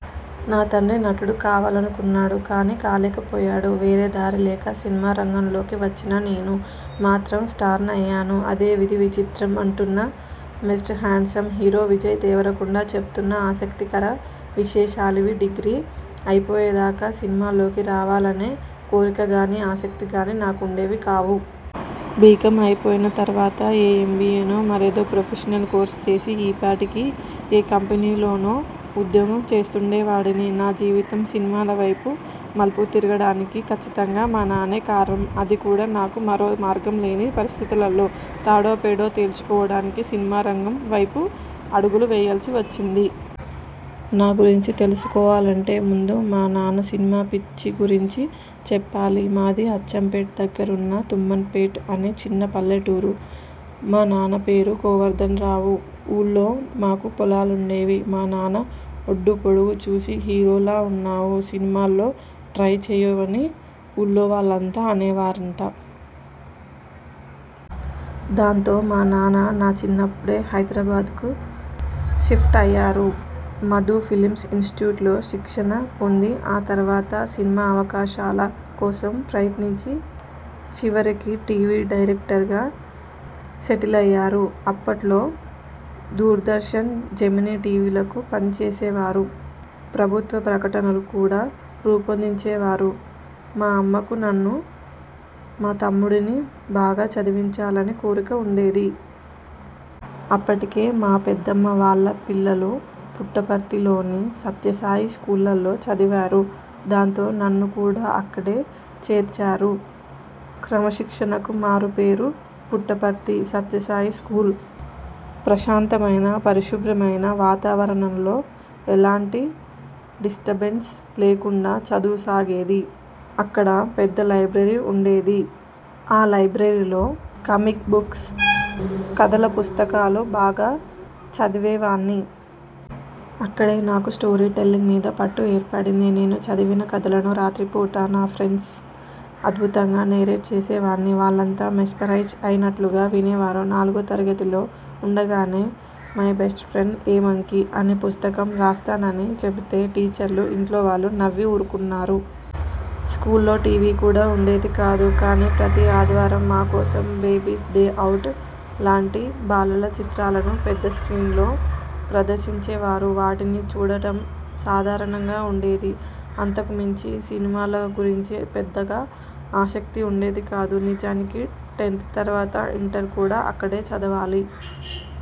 'నా తండ్రి నటుడు కావాలనుకున్నాడు. కానీ కాలేకపోయాడు. వేరే దారి లేక సినిమారంగంలోకి వచ్చిన నేను మాత్రం స్టార్నయ్యాను. అదే విధి విచిత్రం' అంటున్న mister handsome hero Vijay Deverakonda చెబుతున్న ఆసక్తికర విశేషాలివి డిగ్రీ అయిపోయేదాకా సినిమాల్లోకి రావాలనే కోరికగానీ, ఆసక్తిగానీ నాకుండేవి కావు. బీకామ్ అయిపోయిన తర్వాత ఏ ఎంబీయేనో, మరేదో ప్రొఫెషనల్ కోర్సో చేసి ఈపాటికి ఏ కంపెనీలోనో ఉద్యోగం చేస్తుండేవాడిని. నా జీవితం సినిమాలవైపు మలుపు తిరగడానికి కచ్చితంగా మా నాన్నే కారణం. అది కూడా నాకు మరో మార్గం లేని పరిస్థితుల్లో, తాడో పేడో తేల్చుకోవడానికి సినిమారంగం వైపు అడుగులు వేయాల్సి వచ్చింది. నా గురించి తెలుసుకోవాలంటే ముందు మా నాన్న 'సినిమాపిచ్చి' గురించి చెప్పాలి. మాది అచ్చంపేట్ దగ్గరున్న తుమ్మన్పేట్ అనే చిన్న పల్లెటూరు. మా నాన్న పేరు గోవర్దన్రావు. ఊళ్లో మాకు పొలాలుండేవి. మా నాన్న ఒడ్డూపొడుగు చూసి 'హీరోల ఉన్నావు సినిమాల్లో ట్రై చేయమ'ని ఊళ్లో వాళ్లంతా అనేవారట. దాంతో మా నాన్న నా చిన్నప్పుడే హైదరాబాద్కు షిఫ్ట్ అయ్యారు. మధు ఫిల్మ్ ఇనిస్టిట్యూట్లో శిక్షణ పొంది ఆ తర్వాత సినిమా అవకాశాల కోసం ప్రయత్నించి చివరికి టీవీ డైరెక్టర్గా సెటిలయ్యారు. అప్పట్లో దూర్దర్శన్, జెమినీ టీవీలకు పనిచేసేవారు. ప్రభుత్వ ప్రకటనలు కూడా రూపొందించేవారు. మా అమ్మకు నన్ను, మా తమ్ముడిని బాగా చదివించాలని కోరిక ఉండేది. అప్పటికే మా పెద్దమ్మ వాళ్ల పిల్లలు పుట్టపర్తిలోని సత్యసాయి స్కూళ్లలో చదివారు. దాంతో నన్ను కూడా అక్కడే చేర్చారు. క్రమశిక్షణకు మారుపేరు పుట్టపర్తి సత్యసాయి స్కూలు. ప్రశాంతమైన, పరిశుభ్రమైన వాతావరణంలో ఎలాంటి డిస్టర్బెన్స్ లేకుండా చదువు సాగేది. అక్కడ పెద్ద లైబ్రరీ ఉండేది. ఆ లైబ్రరీలో కామిక్ బుక్స్, కథల పుస్తకాలు బాగా చదివేవాణ్ణి. అక్కడే నాకు స్టోరీ టెల్లింగ్ మీద పట్టు ఏర్పడింది. నేను చదివిన కథలను రాత్రిపూట నా ఫ్రెండ్స్ అద్భుతంగా నెరేట్ చేసేవాణ్ణి. వాళ్లంతా మెస్మరైజ్ అయినట్లుగా వినేవారు. నాలుగో తరగతిలో ఉండగానే 'my best friend a monkey' అనే పుస్తకం రాస్తానని చెబితే టీచర్లు, ఇంట్లోవాళ్లు నవ్వి ఊరుకున్నారు. స్కూల్లో టీవీ కూడా ఉండేది కాదు. కానీ ప్రతీ ఆదివారం మా కోసం 'బేబీస్ డే అవుట్' లాంటి బాలల చిత్రాలను పెద్ద స్ర్కీన్లో ప్రదర్శించేవారు. వాటిని చూడటం సరదాగా ఉండేది. అంతకుమించి సినిమాల గురించి పెద్దగా ఆసక్తి ఉండేది కాదు. నిజానికి టెన్త్ తర్వాత ఇంటర్ కూడా అక్కడే చదవాలి.